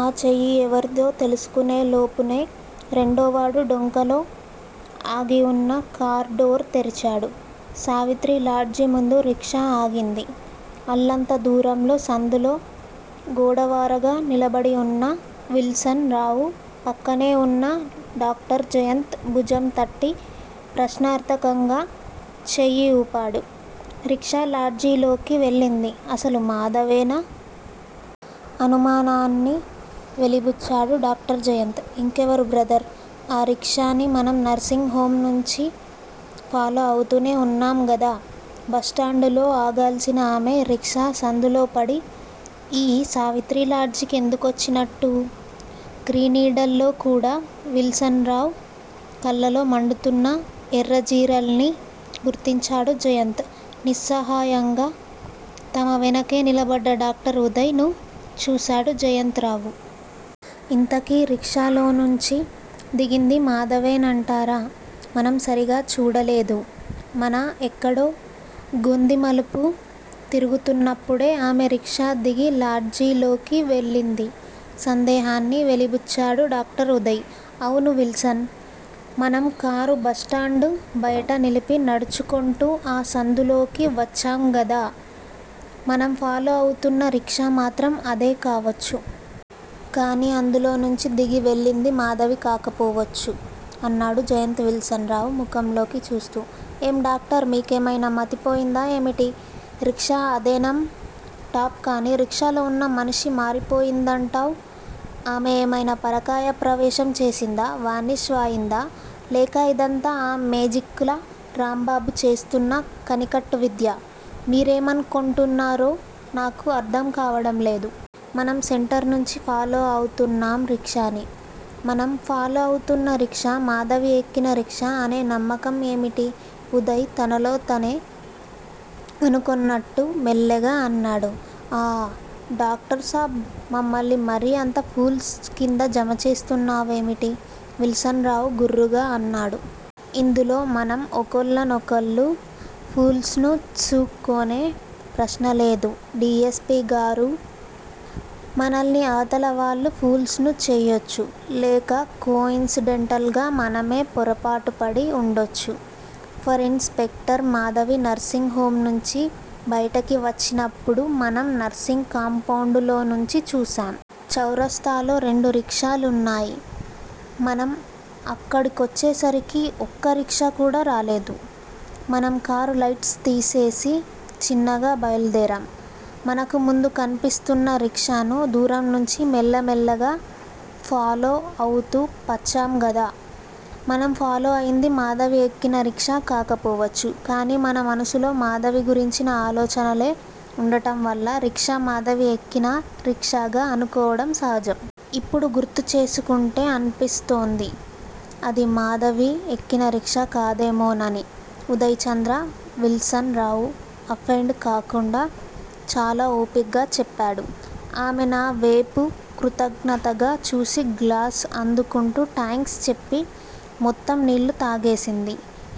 ఆ చెయ్యి ఎవరిదో తెలుసుకొనేలోపునే, రెండోవాడు డొంకలో ఆగివున్న కార్ డోర్ తెరిచాడు. సావిత్రిలాడ్జీ ముందు రిక్షా ఆగింది. అల్లంత దూరంలో సందులో గోడవారగా నిలబడివున్న విల్సన్ రావు, పక్కనేవున్న డాక్టర్ జయంత్ భుజంతట్టి ప్రశ్నార్థకంగా చెయ్యి ఊపాడు. రిక్షా లాడ్జిలోకి వెళ్ళింది అసలు మాధవేనా? అనుమానాన్ని వెలిబుచ్చాడు డాక్టర్ జయంత్. ఇంకెవరు బ్రదర్? ఆ రిక్షాని మనం నర్సింగ్ హొంనుంచి ఫాలో అవుతూనే వున్నాంగదా? బస్ స్టాండులో ఆగాల్సిన ఆమె రిక్షా సందులోపడి ఈ సావిత్రిలాడ్జికి ఎందుకొచ్చినట్టూ? క్రీనీడల్లోకూడా విల్సన్ రావు కళ్ళల్లో మండుతున్న ఎర్రజీరల్ని గుర్తించాడు జయంత్. నిస్సహాయంగా తమ వెనకే నిలబడ్డ డాక్టర్ ఉదయ్ ను చూశాడు జయంత్ రావు. ఇంతకీ రిక్షాలోనుంచి దిగింది మాధవేనంటారా? మనం సరిగా చూడలేదు. మన ఎక్కడో గొందిమలుపు తిరుగుతున్నప్పుడే ఆమె రిక్షా దిగి లాడ్జిలోకి వెళ్ళింది. సందేహాన్ని వెలిబుచ్చాడు డాక్టర్ ఉదయ్. అవును విల్సన్! మనం కారు బస్ స్టాండు బయట నిలిపి నడుచుకొంటూ ఆ సందులోకి వచ్చాంగదా? మనం ఫాలో అవుతున్న రిక్షా మాత్రం అదే కావొచ్చు. కాని అందులోనుంచి దిగి వెళ్ళింది మాధవికాకపోవచ్చు. అన్నాడు జయంత్ విల్సన్ రావు ముఖంలోకి చూస్తూ. ఏం డాక్టర్! మీకేమైనా మతిపోయిందా ఏమిటి? రిక్షా అదేనం టాప్ కాని రిక్షాలో ఉన్న మనిషి మారిపోయిందంటావ్. ఆమె ఏమైనా పరకాయ ప్రవేశం చేసిందా? వానిష్ వాయిందా? లేక ఇదంతా ఆ మేజిక్కుల రాంబాబు చేస్తున్న కనికట్టువిద్యా, మీరేమనుకొంటున్నారో నాకు అర్థంకావడంలేదు. మనం సెంటర్ నుంచి ఫాలో అవుతున్నాం రిక్షాని. మనం ఫాలో అవుతున్న రిక్షా మాధవి ఎక్కినా రిక్షా అనేనమ్మకం ఏమిటి? ఉదయ్ తనలోతనే అనుకొన్నట్టు మెల్లగా అన్నాడు. ఆఁ! డాక్టర్ సాబ్ మమ్మల్ని మరీ అంత పూల్స్ కింద జమచేస్తున్నావేమిటి? విల్సన్ రావు గుర్రుగా అన్నాడు. ఇందులో మనం ఒకళ్ళ నొకళ్ళు, పూల్స్ ను చ్సుకొనే ప్రశ్నలేదు డి. యస్. పి గారూ? మనల్ని అవతలవాళ్ళు పూల్స్ ను చెయ్యొచ్చు. లేక కో ఇన్సిడెంటల్ గా మనమే పొరపాటుపడి వుండొచ్చు. For inspector Madhavi nursing home నుంచి బయటికి వచ్చినప్పుడు మనం నర్సింగ్ కాంపౌండులోనుంచి చూశాం. చౌరాస్తాలో రెండురిక్షాలున్నాయ్. మనం అక్కడికొచ్చేసరికి ఒక్క రిక్షాకూడా రాలేదు. మనం కారు లైట్సుతీసేసి చిన్నగా బయలుదేరాం. మనకు ముందు కన్పిస్తున్న రిక్షాను దూరంనుంచి మెల్లమెల్లగా ఫాలో అవుతూ పచ్చాంగదా? మనం ఫాలో అయింది మాధవి ఎక్కినా రిక్షా కాకపోవచ్చు కాని మన మనసులో మాధవి గురించిన ఆలోచనలే ఉండటంవల్ల రిక్షా మాధవి ఎక్కినా రిక్షాగా అనుకోవడం సహజం. ఇప్పుడు గుర్తుచేసుకుంటే అన్పిస్తోంది. అది మాధవి ఎక్కినా రిక్షా కాదేమోనని ఉదయ్ చంద్ర, విల్సన్ రావు అఫెండ్ కాకుండా చాలా ఓపిగ్గా చెప్పాడు. ఆమె నా వేపు కృతజ్ఞతగా చూసి గ్లాసు అందుకుంటూ థాంక్స్ చెప్పి మొత్తం నీళ్ళు తాగేసింది.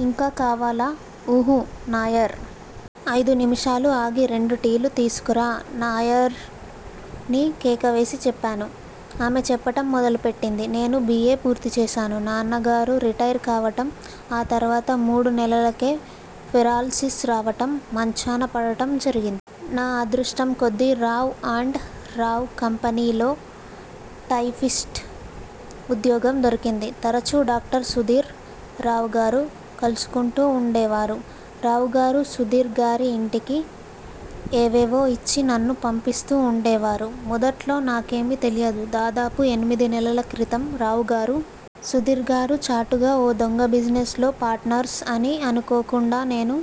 ఇంకా కావాలా? ఉహూఁ నాయర్! ఐదు నిముషాలు ఆగి రెండు టీలు తీసుకురా! నాయర్ ని కేక వేసి చెప్పాను. ఆమె చెప్పటం మొదలు పెట్టింది- నేను బి. ఏ. పూర్తి చేశాను. నాన్నగారు రిటైర్ కావటం, ఆ తర్వాత మూడు నెలలకే పెరాల్ సీస్ రావటం, మంచాన పడటం జరిగిం. నా అదృష్టం కొద్దీ రావ్ అండ్ రావ్ కంపెనీలో టైపిస్టు ఉద్యోగం దొరికింది. తరచు డాక్టర్ సుధీర్, రావుగారు కల్సుకుంటూ వుండేవారు. రావుగారు సుధీర్ గారి ఇంటికి ఏవేవో ఇచ్చి నన్ను పంపిస్తూ వుండేవారు. మొదట్లో నాకేమీ తెలియదు. దాదాపు ఎనిమిది నెలల క్రితం రావుగారు, సుధీర్ గారూ చాటుగా ఓ దొంగా బిజినెస్ లో పార్టనర్స్ అని అనుకోకుండా నేను